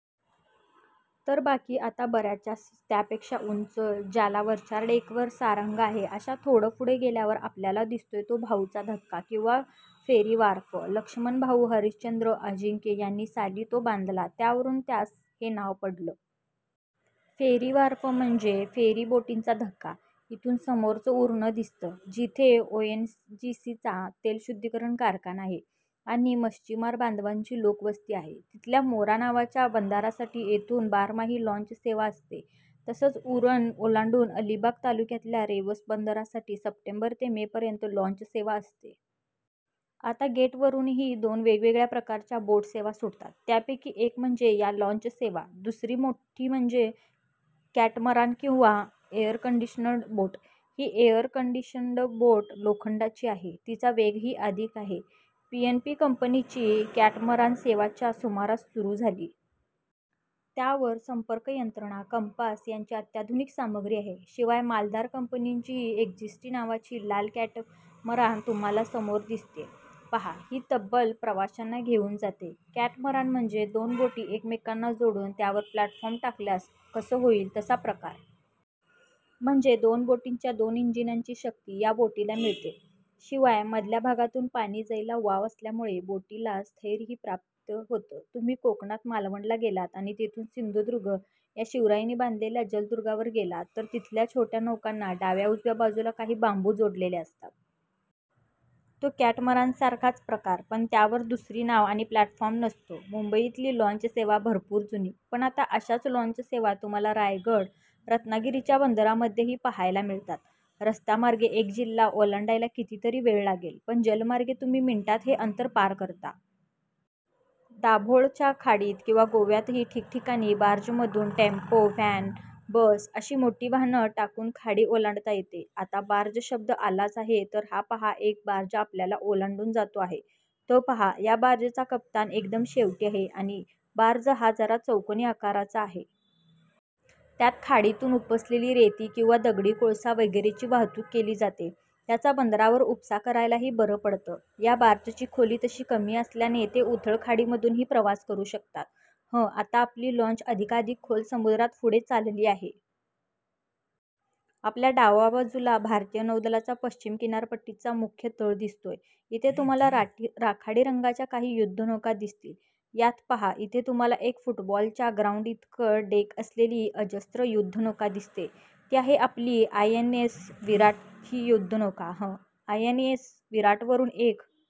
तर बाकी आता बऱ्याचशा त्यापेक्षा उंच, ज्याला वरच्या डेकवर सारंग आहे, अशा. थोडं पुढे गेल्यावर आपल्याला दिसतोय तो भाऊचा धक्का किंवा फेरी व्हार्फ. लक्ष्मणभाऊ हरिश्चंद्र अजिंक्य यांनी साली तो बांधला, त्यावरून त्यास हे नाव पडलं. फेरीव्हार्फ म्हणजे फेरीबोटींचा धक्का. इथून समोरच उरण दिसतं. तिथे ओएनजीसीचा तेलशुध्दीकरण कारखाना आहे आणि मच्छिमार बांधवांची लोकवस्ती आहे. तिथल्या मोरा नावाच्या बंदरासाठी इथून बारमाही लाँचसेवा असते. तसंच उरण ओलांडून अलिबाग तालुक्यातल्या रेवस बंदरासाठी सप्टेंबर ते मेपर्यंत लाँचसेवा असते. आता गेटवेवरूनही दोन वेगवेगळ्या प्रकारच्या बोटसेवा सुटतात. त्यापैकी एक म्हणजे या लाँचसेवा. दुसरी म्हणजे मोठी कॅटमरान किंवा एअरकंडिशन्ड बोट. ही एअरकंडिशन्ड बोट लोखंडाची आहे, तिचा वेगही अधिक आहे. पीएनपी कंपनीची कॅटमरान सेवा च्या सुमारास सुरू झाली. त्यावर संपर्कयंत्रणा, कम्पास यांची अत्याधुनिक सामग्री आहे. शिवाय मालदार कंपनीचीही एक्स्टसी नावाची लाल कॅटमरान तुम्हाला समोर दिसतेय पहा. ही तब्बल प्रवाशांना घेऊन जाते. कॅटमरान म्हणजे दोन बोटी एकमेकांना जोडून त्यावर प्लॅटफार्म टाकल्यास कसं होईल, तसा प्रकार. म्हणजे दोन बोटींच्या दोन इंजिनांची शक्ती या बोटीला मिळते, शिवाय मधल्या भागातून पाणी जायला वाव असल्यामुळे बोटीला स्थैर्यही प्राप्त होतं. तुम्ही कोकणात मालवणला गेलात आणि तिथून सिंधुदुर्ग या शिवरायांनी बांधलेल्या जलदुर्गावर गेलात, तर तिथल्या छोट्या नौकांना डाव्या-उजव्या बाजूला काही बांबू जोडलेले असतात. तो कॅटमरानसारखाच प्रकार, पण त्यावर दुसरी नाव आणि प्लॅटफॉर्म नसतो. मुंबईतली लाँचसेवा भरपूर जुनी. पण आता अशाच लाँचसेवा तुम्हाला रायगड, रत्नागिरीच्या बंदरांमध्येही पहायला मिळतात. रस्तामार्गे एक जिल्हा ओलांडायला कितीतरी वेळ लागेल, पण जलमार्गे तुम्ही मिनिटांत हे अंतर पार करता. दाभोळच्या खाडीत किंवा गोव्यातही ठिकठिकाणी बार्जमधून टेम्पो, व्हॅन, बस अशी मोठी वाहनं टाकून खाडी ओलांडता येते. आता बार्ज शब्द आलाच आहे, तर हा पहा एक बार्ज आपल्याला ओलांडून जातो आहे, तो पहा. या बार्जचा कप्तान एकदम शेवटी आहे आणि बार्ज हा जरा चौकोनी आकाराचा आहे. त्यात खाडीतून उपसलेली रेती किंवा दगडी कोळसा वगैरेची वाहतूक केली जाते. त्याचा बंदरावर उपसा करायलाही बरं पडतं. या बार्जची खोली तशी कमी असल्याने ते उथळ खाडीमधूनही प्रवास करू शकतात. हं, आता आपली लाँच अधिकाधिक खोल समुद्रात पुढे चालली आहे. आपल्या डाव्या बाजूला भारतीय नौदलाचा पश्चिम किनारपट्टीचा मुख्य तळ दिसतोय. इथे तुम्हाला राखाडी रंगाच्या काही युध्दनौका दिसतील. यात पहा, इथे तुम्हाला एक फुटबॉलच्या ग्राऊन्डइतकं डेक असलेली अजस्त्र युध्दनौका दिसतेय. ती आहे आपली आयएनएस विराट ही युध्दनौका. हं, आयएनएस विराटवरून एक